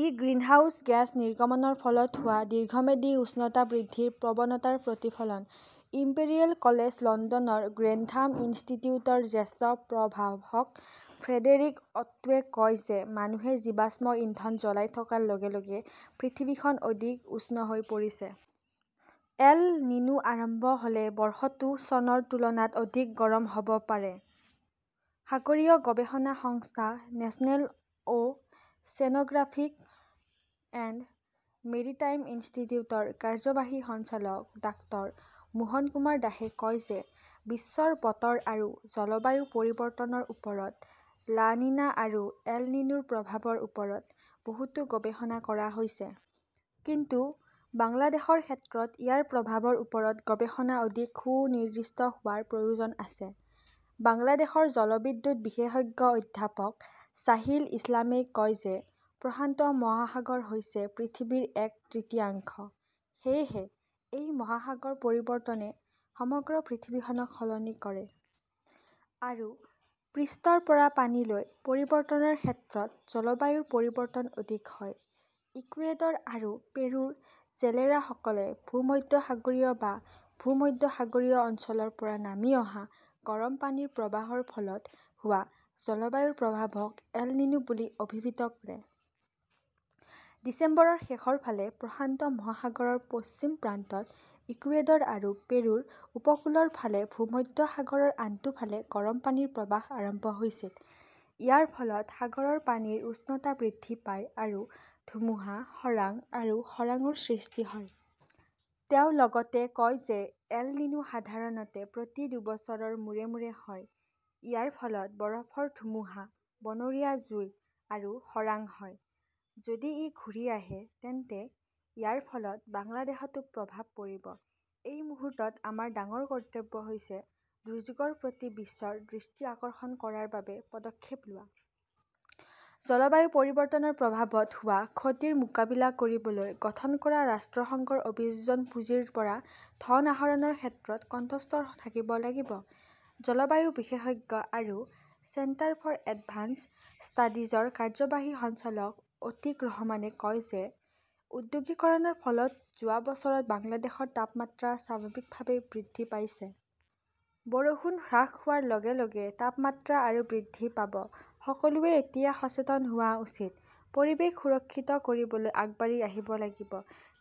ই greenhouse gas নিৰ্গমনৰ ফলত হোৱা দীৰ্ঘম্যাদী উষ্ণতা বৃদ্ধিৰ প্ৰৱণতাৰ প্ৰতিফলন। ইম্পেৰিয়েল কলেজ লণ্ডনৰ গ্ৰেন্থাম ইনষ্টিটিউটৰ জ্যেষ্ঠ প্ৰভাষক ফ্ৰেডেৰিক অট্টোৱে কয় যে মানুহে জীৱাশ্ম ইন্ধন জ্বলাই থকাৰ লগে লগে পৃথিৱীখন অধিক উষ্ণ হৈ পৰিছে। এল নিনো আৰম্ভ হ "লে বৰ্ষটো চনৰ তুলনাত অধিক গৰম হ" ব পাৰে। সাগৰীয় গৱেষণা সংস্থা National "Oceanographic and Maritime ইনষ্টিটিউটৰ কাৰ্যবাহী সঞ্চালক ডাঃ মোহন কুমাৰ দাসে কয় যে বিশ্বৰ বতৰ আৰু জলবায়ু পৰিৱৰ্তনৰ ওপৰত লা নিনা আৰু এল নিনোৰ প্ৰভাৱৰ ওপৰত বহুতো গৱেষণা কৰা হৈছে। কিন্তু বাংলাদেশৰ ক্ষেত্ৰত ইয়াৰ প্ৰভাৱৰ ওপৰত গৱেষণা অধিক সুনিৰ্দিষ্ট হোৱাৰ প্ৰয়োজন আছে। বাংলাদেশৰ জলবিদ্যুৎ বিশেষজ্ঞ অধ্যাপক ছাহিল ইছলামই কয় যে প্ৰশান্ত মহাসাগৰ হৈছে পৃথিৱীৰ এক তৃতীয়াংশ। সেয়েহে এই মহাসাগৰৰ পৰিৱৰ্তনে সমগ্ৰ পৃথিৱীখনক সলনি কৰে। আৰু পৃষ্ঠৰ পৰা পানীলৈ পৰিৱৰ্তনৰ ক্ষেত্ৰত জলবায়ুৰ পৰিৱৰ্তন অধিক হয়। ইকুৱেডৰ আৰু পেৰুৰ জেলেৰাসকলে ভূমধ্যসাগৰীয় বা ভূমধ্যসাগৰীয় অঞ্চলৰ পৰা নামি অহা গৰম পানীৰ প্ৰবাহৰ ফলত হোৱা জলবায়ুৰ প্ৰভাৱক 'এল নিনো' বুলি অভিহিত কৰে। ডিচেম্বৰৰ শেষৰ ফালে প্ৰশান্ত মহাসাগৰৰ পশ্চিম প্ৰান্তত ইকুৱেডৰ আৰু পেৰুৰ উপকূলৰ ফালে ভূমধ্যসাগৰৰ আনটো ফালে গৰম পানীৰ প্ৰৱাহ আৰম্ভ হৈছিল। ইয়াৰ ফলত সাগৰৰ পানীৰ উষ্ণতা বৃদ্ধি পায় আৰু ধুমুহা, খৰাং আৰু খৰাংৰ সৃষ্টি হয়। তেওঁ লগতে কয় যে এল নিনো সাধাৰণতে প্ৰতি দুবছৰৰ মূৰে মূৰে হয়। ইয়াৰ ফলত বৰফৰ ধুমুহা, বনৰীয়া জুই আৰু খৰাং হয়। যদি ই ঘূৰি আহে তেন্তে ইয়াৰ ফলত বাংলাদেশতো প্ৰভাৱ পৰিব। এই মুহূৰ্তত আমাৰ ডাঙৰ কৰ্তব্য হৈছে দুৰ্যোগৰ প্ৰতি বিশ্বৰ দৃষ্টি আকৰ্ষণ কৰাৰ বাবে পদক্ষেপ লোৱা। জলবায়ু পৰিৱৰ্তনৰ প্ৰভাৱত হোৱা ক্ষতিৰ মোকাবিলা কৰিবলৈ গঠন কৰা ৰাষ্ট্ৰসংঘৰ অভিযোজন পুঁজিৰ পৰা ধন আহৰণৰ ক্ষেত্ৰত কণ্ঠস্বৰ থাকিব লাগিব। জলবায়ু বিশেষজ্ঞ আৰু চেণ্টাৰ ফৰ এডভান্সড ষ্টাডিজৰ কাৰ্যবাহী সঞ্চালক অতীক ৰহমানে কয় যে ঔদ্যোগিকৰণৰ ফলত যোৱা বছৰত বাংলাদেশৰ তাপমাত্ৰা স্বাভাৱিকভাৱেই বৃদ্ধি পাইছে। বৰষুণ হ্ৰাস হোৱাৰ লগে লগে তাপমাত্ৰা আৰু বৃদ্ধি পাব। সকলোৱে এতিয়া সচেতন হোৱা উচিত। পৰিৱেশ সুৰক্ষিত কৰিবলৈ আগবাঢ়ি আহিব লাগিব।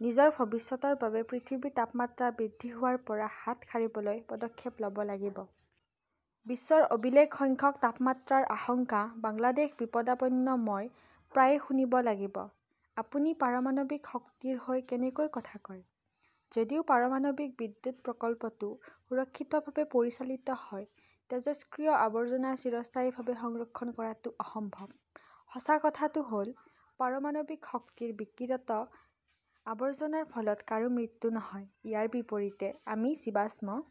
নিজৰ ভৱিষ্যতৰ বাবে পৃথিৱীৰ তাপমাত্ৰা বৃদ্ধি হোৱাৰ পৰা হাত সাৰিবলৈ পদক্ষেপ ল "ব লাগিব। বিশ্বৰ অভিলেখ সংখ্যক তাপমাত্ৰাৰ আশংকা, বাংলাদেশ বিপদাপন্ন মই প্ৰায়ে শুনিব লাগিব, "আপুনি পাৰমাণৱিক শক্তিৰ হৈ কেনেকৈ কথা কয়? যদিও পাৰমাণৱিক বিদ্যুৎ প্ৰকল্পটো সুৰক্ষিতভাৱে পৰিচালিত হয়, তেজস্ক্ৰিয় আৱৰ্জনা চিৰস্থায়ীভাৱে সংৰক্ষণ কৰাটো অসম্ভৱ। "সঁচা কথাটো হ" ল, পাৰমাণৱিক শক্তিৰ বিকিৰিত আৱৰ্জনাৰ ফলত কাৰো মৃত্যু নহয়। ইয়াৰ বিপৰীতে আমি জীৱাশ্ম